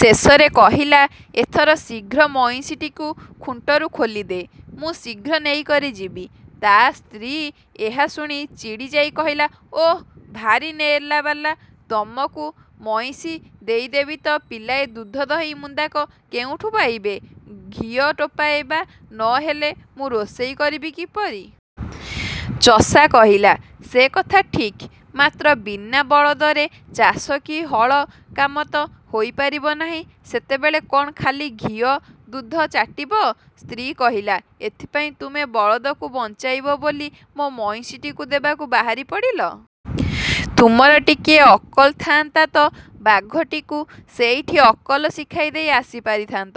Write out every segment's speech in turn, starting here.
ଶେଷରେ କହିଲା, ଏଥର ଶୀଘ୍ର ମଇଁଷିଟିକୁ ଖୁଣ୍ଟରୁ ଖୋଲିଦେ! ମୁଁ ଶୀଘ୍ର ନେଇକରି ଯିବି। ତା ସ୍ତ୍ରୀ ଏହା ଶୁଣି ଚିଡ଼ିଯାଇ କହିଲା, ଓଃ, ଭାରି ନେଲାବାଲା, ତୁମକୁ ମଇଁଷି ଦେଇଦେବି ତ ପିଲାଏ ଦୁଧ ଦହି ମୁନ୍ଦାକ କେଉଁଠୁ ପାଇବେ? ଘିଅ ଟୋପାଏ ବା ନ ହେଲେ ମୁଁ ରୋଷେଇ କରିବି କିପରି? ଚଷା କହିଲା, ସେ କଥା ଠିକ୍, ମାତ୍ର ବିନା ବଳଦରେ ଚାଷ କି ହଳ କାମ ତ ହୋଇପାରିବ ନାହିଁ। ସେତେବେଳେ କ'ଣ ଖାଲି ଘିଅ, ଦୁଧ ଚାଟିବ? ସ୍ତ୍ରୀ କହିଲା, ଏଥିପାଇଁ ତୁମେ ବଳଦକୁ ବଞ୍ଚାଇବ ବୋଲି ମୋ ମଇଁଷିଟିକୁ ଦେବାକୁ ବାହାରି ପଡ଼ିଲ। ତୁମର ଟିକିଏ ଅକଲ ଥାଆନ୍ତା ତ ବାଘଟିକୁ ସେଇଠି ଅକଲ ଶିଖାଇ ଦେଇ ଆସି ପାରିଥାନ୍ତ।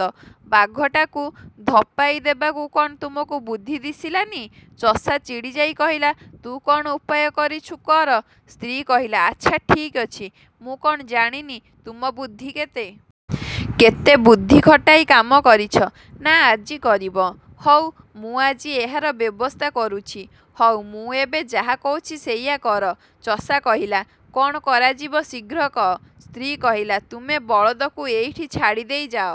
ବାଘଟାକୁ ଧପାଇ ଦେବାକୁ କ'ଣ ତୁମକୁ ବୁଦ୍ଧି ଦିଶିଲାନି। ଚଷା ଚିଡ଼ିଯାଇ କହିଲା, ତୁ କ'ଣ ଉପାୟ କରୁଛୁ କର! ସ୍ତ୍ରୀ କହିଲା, ଆଚ୍ଛା ଠିକ୍ ଅଛି। ମୁଁ କ'ଣ ଜାଣିନି, ତୁମ ବୁଦ୍ଧି କେତେ? କେତେ ବୁଦ୍ଧି ଖଟାଇ କାମ କରିଛ, ନା ଆଜି କରିବ? ହଉ ମୁଁ ଆଜି ଏହାର ବ୍ୟବସ୍ଥା କରୁଛି। ହଉ ମୁଁ ଏବେ ଯାହା କହୁଛି ସେଇଆ କର। ଚଷା କହିଲା, କ'ଣ କରାଯିବ ଶୀଘ୍ର କହ। ସ୍ତ୍ରୀ କହିଲା, ତୁମେ ବଳଦକୁ ଏଇଠି ଛାଡ଼ିଦେଇ ଯାଅ।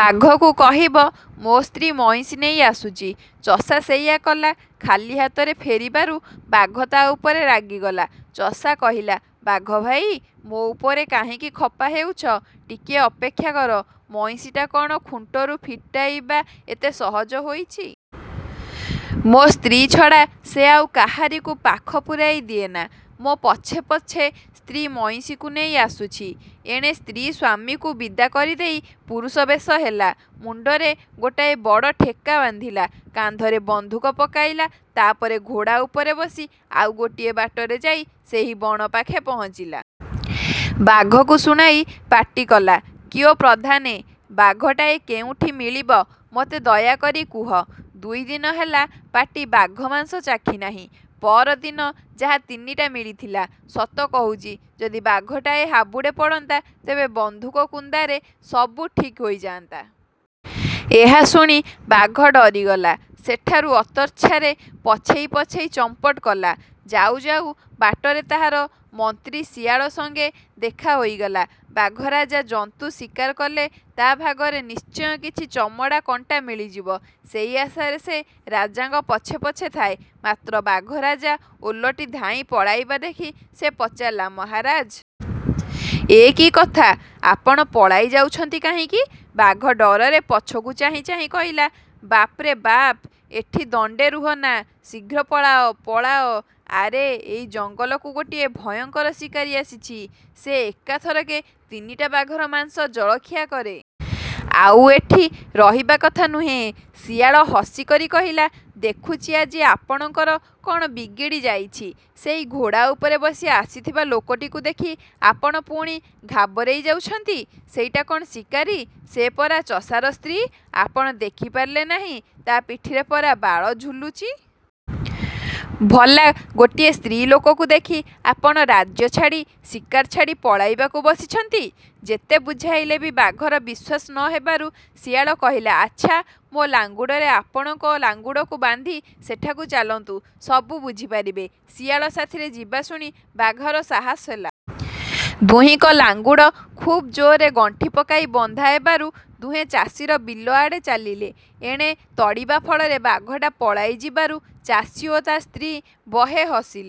ବାଘକୁ କହିବ, ମୋ ସ୍ତ୍ରୀ ମଇଁଷି ନେଇ ଆସୁଛି। ଚଷା ସେଇଆ କଲା। ଖାଲି ହାତରେ ଫେରିବାରୁ ବାଘ ତା ଉପରେ ରାଗିଗଲା। ଚଷା କହିଲା, ବାଘ ଭାଇ! ମୋ ଉପରେ କାହିଁକି ଖପା ହେଉଛ? ଟିକିଏ ଅପେକ୍ଷା କର। ମଇଁଷିଟା କ'ଣ ଖୁଣ୍ଟରୁ ଫିଟାଇବା ଏତେ ସହଜ ହୋଇଛି? ମୋ ସ୍ତ୍ରୀ ଛଡ଼ା ସେ ଆଉ କାହାରିକୁ ପାଖ ପୂରାଇ ଦିଏନା। ମୋ ପଛେ ପଛେ ସ୍ତ୍ରୀ ମଇଁଷିକୁ ନେଇ ଆସୁଛି। ଏଣେ ସ୍ତ୍ରୀ ସ୍ୱାମୀକୁ ବିଦା କରିଦେଇ ପୁରୁଷ ବେଶ ହେଲା। ମୁଣ୍ଡରେ ଗୋଟାଏ ବଡ଼ ଠେକା ବାନ୍ଧିଲା। କାନ୍ଧରେ ବନ୍ଧୁକ ପକାଇଲା। ତା ପରେ ଘୋଡ଼ା ଉପରେ ବସି ଆଉ ଗୋଟିଏ ବାଟରେ ଯାଇ ସେହି ବଣ ପାଖେ ପହଞ୍ଚିଲା। ବାଘକୁ ଶୁଣାଇ ପାଟି କଲା, କିଓ ପ୍ରଧାନେ! ବାଘଟାଏ କେଉଁଠି ମିଳିବ ମୋତେ ଦୟାକରି କୁହ। ଦୁଇ ଦିନ ହେଲା ପାଟି ବାଘ ମାଂସ ଚାଖିନାହିଁ। ପଅରଦିନ ଯାହା ତିନିଟା ମିଳିଥିଲା। ସତ କହୁଛି ଯଦି ବାଘଟାଏ ହାବୁଡ଼େ ପଡ଼ନ୍ତା, ତେବେ ବନ୍ଧୁକ କୁନ୍ଦାରେ ସବୁ ଠିକ୍ ହୋଇଯାଆନ୍ତା। ଏହା ଶୁଣି ବାଘ ଡରିଗଲା। ସେଠାରୁ ଅତର୍ଚ୍ଛାରେ ପଛେଇ ପଛେଇ ଚମ୍ପଟ କଲା। ଯାଉ ଯାଉ ବାଟରେ ତାହାର ମନ୍ତ୍ରୀ ଶିଆଳ ସଙ୍ଗେ ଦେଖା ହୋଇଗଲା। ବାଘ ରାଜା ଜନ୍ତୁ ଶିକାର କଲେ ତା ଭାଗରେ ନିଶ୍ଚୟ କିଛି ଚମଡ଼ା, କଣ୍ଟା ମିଳିଯିବ। ସେଇ ଆଶାରେ ସେ ରାଜାଙ୍କ ପଛେ ପଛେ ଥାଏ, ମାତ୍ର ବାଘ ରାଜା ଓଲଟି ଧାଇଁ ପଳାଇବା ଦେଖି ସେ ପଚାରିଲା, ମହାରାଜ! ଏ କି କଥା? ଆପଣ ପଳାଇ ଯାଉଛନ୍ତି କାହିଁକି? ବାଘ ଡରରେ ପଛକୁ ଚାହିଁ ଚାହିଁ କହିଲା, ବାପ୍ରେ ବାପ! ଏଠି ଦଣ୍ଡେ ରୁହନା! ଶୀଘ୍ର ପଳାଅ! ପଳାଅ! ଆରେ ଏଇ ଜଙ୍ଗଲକୁ ଗୋଟିଏ ଭୟଙ୍କର ଶିକାରୀ ଆସିଛି। ସେ ଏକା ଥରକେ ତିନିଟା ବାଘର ମାଂସ ଜଳଖିଆ କରେ। ଆଉ ଏଠି ରହିବା କଥା ନୁହେଁ। ଶିଆଳ ହସିକରି କହିଲା, ଦେଖୁଛି ଆଜି ଆପଣଙ୍କର କ'ଣ ବିଗିଡ଼ି ଯାଇଛି। ସେଇ ଘୋଡ଼ା ଉପରେ ବସି ଆସିଥିବା ଲୋକଟିକୁ ଦେଖି ଆପଣ ପୁଣି ଘାବରେଇ ଯାଉଛନ୍ତି। ସେଇଟା କ'ଣ ଶିକାରୀ? ସେ ପରା ଚଷାର ସ୍ତ୍ରୀ। ଆପଣ ଦେଖିପାରିଲେ ନାହିଁ ତା ପିଠିରେ ପରା ବାଳ ଝୁଲୁଛି? ଭଲା ଗୋଟିଏ ସ୍ତ୍ରୀ ଲୋକକୁ ଦେଖି ଆପଣ ରାଜ୍ୟ ଛାଡ଼ି, ଶିକାର ଛାଡ଼ି ପଳାଇବାକୁ ବସିଛନ୍ତି! ଯେତେ ବୁଝାଇଲେ ବି ବାଘର ବିଶ୍ୱାସ ନ ହେବାରୁ ଶିଆଳ କହିଲା, ଆଚ୍ଛା ମୋ ଲାଙ୍ଗୁଡ଼ରେ ଆପଣଙ୍କ ଲାଙ୍ଗୁଡ଼କୁ ବାନ୍ଧି ସେଠାକୁ ଚାଲନ୍ତୁ। ସବୁ ବୁଝିପାରିବେ। ଶିଆଳ ସାଥିରେ ଯିବା ଶୁଣି ବାଘର ସାହସ ହେଲା। ଦୁହିଁଙ୍କ ଲାଙ୍ଗୁଡ଼ ଖୁବ୍ ଜୋରରେ ଗଣ୍ଠି ପକାଇ ବନ୍ଧା ହେବାରୁ ଦୁହେଁ ଚାଷୀର ବିଲ ଆଡ଼େ ଚାଲିଲେ। ଏଣେ ତଡ଼ିବା ଫଳରେ ବାଘଟା ପଳାଇ ଯିବାରୁ ଚାଷୀ ଓ ତା ସ୍ତ୍ରୀ ବହେ ହସିଲେ।